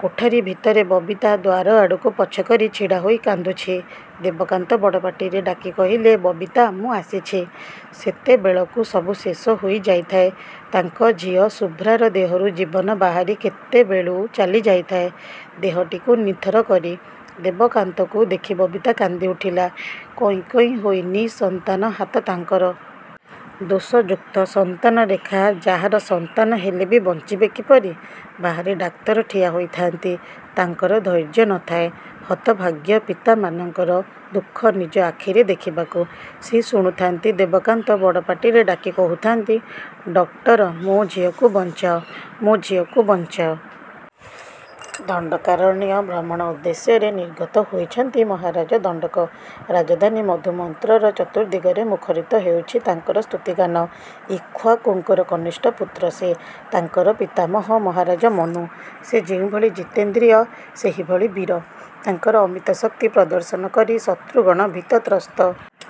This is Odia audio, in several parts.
କୋଠରୀ ଭିତରେ ବବିତା ଦ୍ୱାର ଆଡ଼କୁ ପଛ କରି ଛିଡ଼ାହୋଇ କାନ୍ଦୁଛି। ଦେବକାନ୍ତ ବଡ଼ ପାଟିରେ ଡାକି କହିଲେ ବବିତା ମୁଁ ଆସିଛି-। ସେତେବେଳକୁ ସବୁ ଶେଷହୋଇ ଯାଇଥାଏ। ତାଙ୍କ ଝିଅ ଶୁଭ୍ରାର ଦେହରୁ ଜୀବନ ବାହାରି କେତେବେଳୁ ଚାଲିଯାଇଥାଏ ଦେହଟିକୁ ନିଥର କରି। ଦେବକାନ୍ତକୁ ଦେଖି ବବିତା କାନ୍ଦିଉଠିଲା କଇଁ କଇଁ ହୋଇ ନିଃସନ୍ତାନ ହାତ ତାଙ୍କର। ଦୋଷଯୁକ୍ତ ସନ୍ତାନରେଖା ଯାହାର ସନ୍ତାନ ହେଲେବି ବଞ୍ଚିବେ କିପରି? ବାହାରେ ଡାକ୍ତର ଠିଆ ହୋଇଥାନ୍ତି। ତାଙ୍କର ଧୈର୍ଯ୍ୟ ନ ଥାଏ। ହତଭାଗ୍ୟ ପିତାମାନଙ୍କର ଦୁଃଖ ନିଜ ଆଖିରେ ଦେଖିବାକୁ। ସେ ଶୁଣୁଥାନ୍ତି ଦେବକାନ୍ତ ବଡ଼ ପାଟିରେ ଡାକି କହୁଥାନ୍ତି ଡକ୍ଟର ମୋ ଝିଅକୁ ବଞ୍ଚାଅ, ମୋ ଝିଅକୁ ବଞ୍ଚାଅ। ଦଣ୍ଡକାରଣ୍ୟ ଭ୍ରମଣ ଉଦ୍ଦେଶ୍ୟରେ ନିର୍ଗତ ହୋଇଛନ୍ତି ମହାରାଜ ଦଣ୍ଡକ। ରାଜଧାନୀ ମଧୁମନ୍ତ୍ରର ଚତୁର୍ଦ୍ଦିଗରେ ମୁଖରିତ ହେଉଛି ତାଙ୍କର ସ୍ତୁତିଗାନ, ଇକ୍ଷ୍ୱାକୁଙ୍କର କନିଷ୍ଠ ପୁତ୍ର ସେ। ତାଙ୍କର ପିତାମହ ମହାରାଜ ମନୁ। ସେ ଯେଉଁଭଳି ଜିତେନ୍ଦ୍ରିୟ ସେହିଭଳି ବୀର। ତାଙ୍କର ଅମିତ ଶକ୍ତି ପ୍ରଦର୍ଶନ କରି ଶତୃଗଣ ଭୀତତ୍ରସ୍ତ।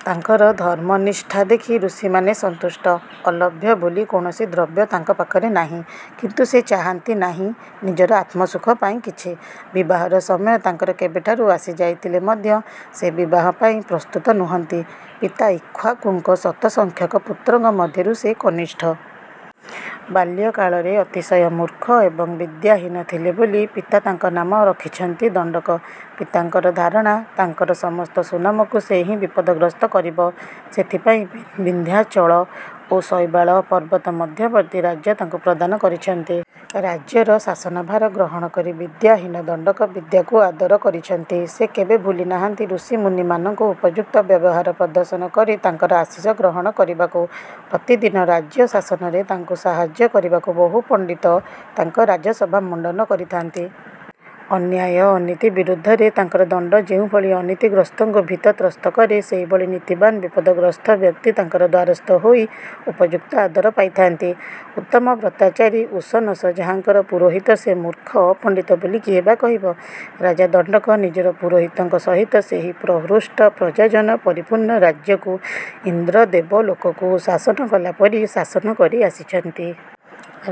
ତାଙ୍କର ଧର୍ମନିଷ୍ଠା ଦେଖି ଋଷିମାନେ ସନ୍ତୁଷ୍ଟ। ଅଲଭ୍ୟ ବୋଲି କୌଣସି ଦ୍ରବ୍ୟ ତାଙ୍କ ପାଖରେ ନାହିଁ। କିନ୍ତୁ ସେ ଚାହାନ୍ତି ନାହିଁ ନିଜର ଆତ୍ମସୁଖ ପାଇଁ କିଛି। ବିବାହର ସମୟ ତାଙ୍କର କେବେଠାରୁ ଆସିଯାଇଥିଲେ ମଧ୍ୟ ସେ ବିବାହ ପାଇଁ ପ୍ରସ୍ତୁତ ନୁହନ୍ତି। ପିତା ଇକ୍ଷ୍ୱାକୁଙ୍କ ଶତସଂଖ୍ୟକ ପୁତ୍ରଙ୍କ ମଧ୍ୟରୁ ସେ କନିଷ୍ଠ। ବାଲ୍ୟ କାଳରେ ଅତିଶୟ ମୂର୍ଖ ଏବଂ ବିଦ୍ୟାହୀନ ଥିଲେ ବୋଲି ପିତା ତାଙ୍କ ନାମ ରଖିଛନ୍ତି ଦଣ୍ଡକ। ପିତାଙ୍କର ଧାରଣା ତାଙ୍କର ସମସ୍ତ ସୁନାମକୁ ସେ ହିଁ ବିପଦ ଗ୍ରସ୍ତ କରିବ। ସେଥିପାଇଁ ବିନ୍ଧ୍ୟାଚଳ ଓ ଶୈବାଳ ପର୍ବତ ମଧ୍ୟବର୍ତ୍ତୀ ରାଜ୍ୟ ତାଙ୍କୁ ପ୍ରଦାନ କରିଛନ୍ତି। ରାଜ୍ୟର ଶାସନଭାର ଗ୍ରହଣ କରି ବିଦ୍ୟାହୀନ ଦଣ୍ଡକ ବିଦ୍ୟାକୁ ଆଦର କରିଛନ୍ତି। ସେ କେବେ ଭୁଲିନାହାନ୍ତି ଋଷିମୁନିମାନଙ୍କୁ ଉପଯୁକ୍ତ ବ୍ୟବହାର ପ୍ରଦର୍ଶନ କରି ତାଙ୍କର ଆଶିଷ ଗ୍ରହଣ। କରିବାକୁ। ପ୍ରତିଦିନ ରାଜ୍ୟ ଶାସନରେ ତାଙ୍କୁ ସାହାଯ୍ୟ କରିବାକୁ ବହୁ ପଣ୍ଡିତ ତାଙ୍କ ରାଜସଭା ମଣ୍ଡନ କରିଥାଆନ୍ତି। ଅନ୍ୟାୟ ଅନୀତି ବିରୁଦ୍ଧରେ ତାଙ୍କର ଦଣ୍ଡ ଯେଉଁଭଳି ଅନୀତି ଗ୍ରସ୍ଥଙ୍କୁ ଭୀତତ୍ରସ୍ତ କରେ ସେହିଭଳି ନୀତିବାନ୍ ବିପଦଗ୍ରସ୍ଥ ବ୍ୟକ୍ତି ତାଙ୍କର ଦ୍ୱାରସ୍ଥ ହୋଇ ଉପଯୁକ୍ତ ଆଦର ପାଇଥାନ୍ତି। ଉତ୍ତମ ବ୍ରତାଚାରୀ 'ଉଶନସ' ଯାହାଙ୍କର ପୁରୋହିତ ସେ ମୂର୍ଖ ଅପଣ୍ଡିତ ବୋଲି କିଏ ବା କହିବ। ରାଜା ଦଣ୍ଡକ ନିଜର ପୁରୋହିତଙ୍କ ସହିତ ସେହି ପ୍ରହୃଷ୍ଟ ପ୍ରଜାଜନ ପରିପୂର୍ଣ୍ଣ ରାଜ୍ୟକୁ, ଇନ୍ଦ୍ର ଦେବଲୋକକୁ ଶାସନ କଲାପରି ଶାସନ କରି ଆସିଛନ୍ତି।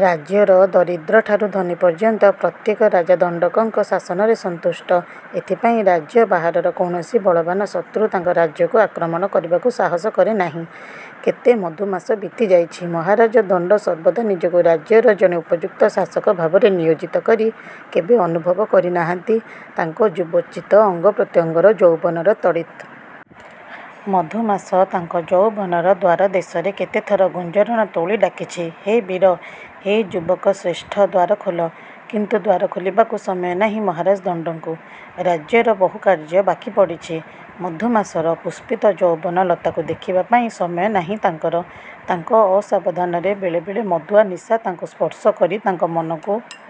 ରାଜ୍ୟର ଦରିଦ୍ରଠାରୁ ଧନୀ ପର୍ଯ୍ୟନ୍ତ ପ୍ରତ୍ୟେକ ରାଜା ଦଣ୍ଡକଙ୍କ ଶାସନରେ ସନ୍ତୁଷ୍ଟ। ଏଥିପାଇଁ ରାଜ୍ୟ ବାହାରର କୌଣସି ବଳବାନ ଶତ୍ରୁ ତାଙ୍କ ରାଜ୍ୟକୁ ଆକ୍ରମଣ କରିବାକୁ ସାହସ କରେ ନାହିଁ। କେତେ ମଧୁମାସ ବିତିଯାଇଛି। ମହାରାଜ ଦଣ୍ଡ ସର୍ବଦା ନିଜକୁ ରାଜ୍ୟର ଜଣେ ଉପଯୁକ୍ତ ଶାସକ ଭାବରେ ନିୟୋଜିତ କରି କେବେ ଅନୁଭବ କରିନାହାନ୍ତି ତାଙ୍କ ଯୁବୋଚିତ ଅଙ୍ଗପ୍ରତ୍ୟଙ୍ଗର ଯୌବନର ତଡ଼ିତ୍। ମଧୁମାସ ତାଙ୍କ ଯୌବନର ଦ୍ୱାରଦେଶରେ କେତେଥର ଗୁଞ୍ଜରଣ ତୋଳି ଡାକିଛି, ହେ ବୀର! ହେ ଯୁବକଶ୍ରେଷ୍ଠ ଦ୍ୱାର ଖୋଲ। କିନ୍ତୁ ଦ୍ୱାର ଖୋଲିବାକୁ ସମୟ ନାହିଁ ମହାରାଜ ଦଣ୍ଡଙ୍କୁ। ରାଜ୍ୟର ବହୁ କାର୍ଯ୍ୟ ବାକିପଡ଼ିଛି-ମଧୁମାସର ପୁଷ୍ପିତ ଯୌବନ ଲତାକୁ ଦେଖିବାପାଇଁ ସମୟ ନାହିଁ ତାଙ୍କର। ତାଙ୍କ ଅସାବଧାନରେ ବେଳେବେଳେ ମଦୁଆ ନିଶା ତାଙ୍କୁ ସ୍ପର୍ଶ କରି ତାଙ୍କ ମନକୁ